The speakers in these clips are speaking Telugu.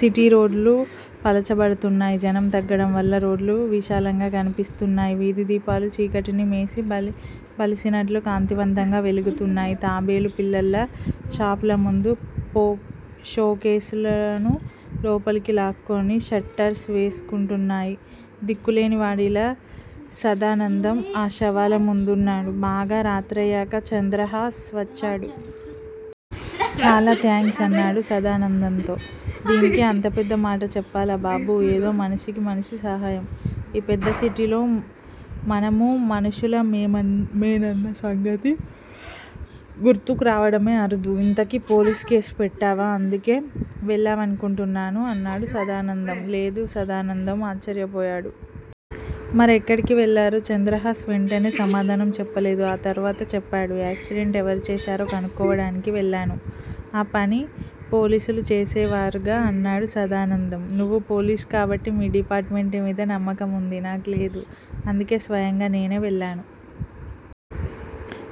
సిటీరోడ్లు పలచబడుతున్నాయి. జనం తగ్గడం వల్ల రోడ్లు విశాలంగా కనిపిస్తున్నాయి. వీధి దీపాలు చీకటిని మేసి బలిసినట్లు కాంతివంతంగా వెలుగుతున్నాయి. తాబేలు పిల్లల్లా షాప్ ల ముందున్న షోకేసులను లోపలికి లాక్కుని షట్టర్స్ వేసుకుంటున్నాయి. దిక్కులేనివాడిలా సదానందం ఆ శవాల ముందున్నాడు. బాగా రాత్రయ్యాక చంద్రహాస్ వచ్చాడు. చాలా థాంక్స్ అన్నాడు సదానందంతో. దీనికి అంత పెద్ద మాట చెప్పాలా బాబూ! ఏదో మనిషికి మనిషి సహాయం. ఈ పెద్ద సిటీలో మనమూ మనుషుల మేనన్న సంగతి గుర్తుకు రావడమే అరుదు. ఇంతకీ పోలీస్ కేసు పెట్టావా? అందుకే వెళ్ళావనుకుంటున్నాను అన్నాడు సదానందం. లేదు సదానందం ఆశ్చర్యపోయాడు. మరెక్కడికి వెళ్ళారు? చంద్రహాస్ వెంటనే సమాధానం చెప్పలేదు. ఆ తరువాత చెప్పాడు. యాక్సిడెంట్ ఎవరు చేశారో కనుక్కోవడానికి వెళ్ళాను. ఆ పని పోలీసులు చేసేవారుగా అన్నాడు సదానందం. నువ్వు పోలీసు కాబట్టి మీ డిపార్ట్ మెంట్ మీద నమ్మకముంది. నాకు లేదు అందుకే స్వయంగా నేనే వెళ్ళాను.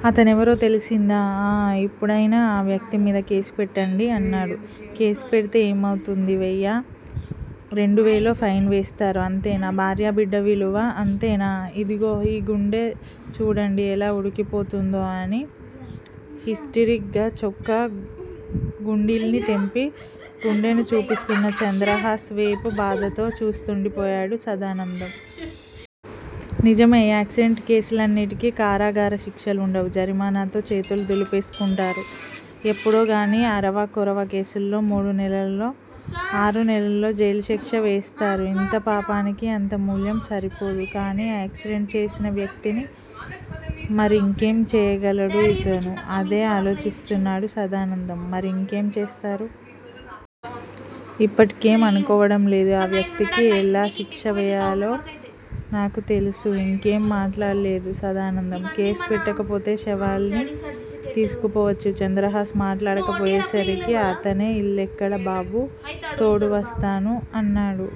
అతనెవరో తెలిసిందా? ఆఁ ఇప్పుడయినా ఆ వ్యక్తిమీద కేసు పెట్టండి అన్నాడు. కేసు పెడితే ఏమౌతుంది? వెయ్యో రెండువేలో ఫైన్ వేస్తారు అంతే నా భార్యా బిడ్డ విలువ అంతేనా. ఇదిగో ఈ గుండె చూడండి ఎలా ఉడికిపోతుందో అని హిస్టీరిక్ గా చొక్కా గుండీల్ని తెంపి గుండెను చూపిస్తున్న చంద్రహాస్ వేపు బాధతో చూస్తుండిపోయాడు సదానందం. నిజమే- యాక్సిడెంట్ కేసులన్నిటికీ కారాగార శిక్షలుండవు. జరిమానాతో చేతులు దులిపేసుకుంటారు. ఎప్పుడోగానీ- అరవా కొరవా కేసుల్లో మూడు నెలలో, ఆరునెలలో జైలుశిక్ష వేస్తారు. ఇంత పాపానికి అంత మూల్యం సరిపోదు. కానీ యాక్సిడెంట్ చేసిన వ్యక్తిని మరింకేం చేయగలడు ఇతను. అదే ఆలోచిస్తున్నాడు సదానందం. మరింకేం చేస్తారు? ఇప్పటికేం అనుకోవడం లేదు. ఆ వ్యక్తికి ఎలా శిక్ష వేయాలో నాకు తెలుసు. ఇంకేం మాట్లాడలేదు సదానందం. కేసు పెట్టకపోతే శవాల్ని తీసుకుపోవచ్చు. చంద్రహాస్ మాట్లాడకపోయేసరికి అతనే ఇల్లెక్కడ బాబూ తోడు వస్తాను అన్నాడు.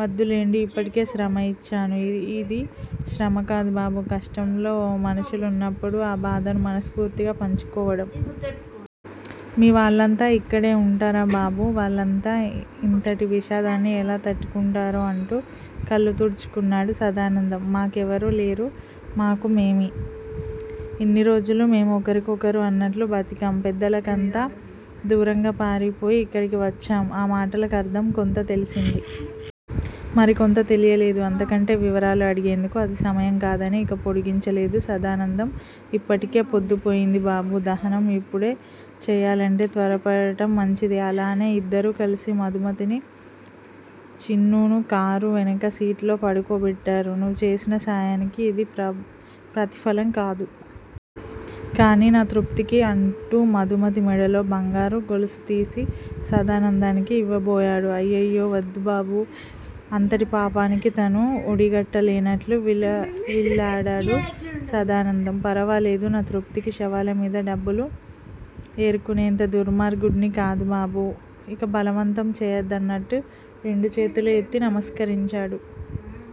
వద్దులెండి ఇప్పటికే శ్రమ ఇచ్చాను. ఇది శ్రమ కాదు బాబూ కష్టంలో ఓ మనుషున్నప్పుడు ఆ బాధను మనస్ఫూర్తిగా పంచుకోవడం. మీ వాళ్ళంతా ఇక్కడే వుంటారా బాబూ వాళ్ళంతా ఇంతటి విషాదాన్ని ఎలా తట్టుకుంటారో అంటూ కళ్ళు తుడుచుకున్నాడు సదానందం. మా కెవరూ లేరు. మాకు మేమే. ఇన్ని రోజులూ మేం ఒకరికొకరు అన్నట్లు బతికాం పెద్దలకంతా దూరంగా పారిపోయి ఇక్కడికి వచ్చాం. ఆ మాటల కర్థం కొంత తెలిసింది. మరికొంత తెలియలేదు అంతకంటే వివరాలు అడిగేందుకు అది సమయం కాదని ఇక పొడిగించలేదు సదానందం. ఇప్పటికే పొద్దుపోయింది బాబూ. దహనం ఇప్పుడే చేయాలంటే త్వరపడడం మంచిది అలానే ఇద్దరూ కలిసి మధుమతిని చిన్నూను కారు వెనక సీట్లో పడుకోబెట్టారు. నువ్వు చేసిన సాయానికి ఇది ప్రతిఫలం కాదు. కానీ నా తృప్తికి అంటూ మధుమతి మెడలోని బంగారు గొలుసుతీసి సదానందానికి ఇవ్వబోయాడు. అయ్యొయ్యో వద్దు బాబూ అంతటి పాపానికి తను ఒడిగట్టలేనట్లు విలవిల్లాడాడు సదానందం. ఫరవాలేదు నా తృప్తికి శవాలమీద డబ్బులు ఏరుకునేంత దుర్మార్గుడ్ని కాదు బాబూ ఇక బలవంతం చేయద్దన్నట్టు రెండు చేతులూ ఎత్తి నమస్కరించాడు.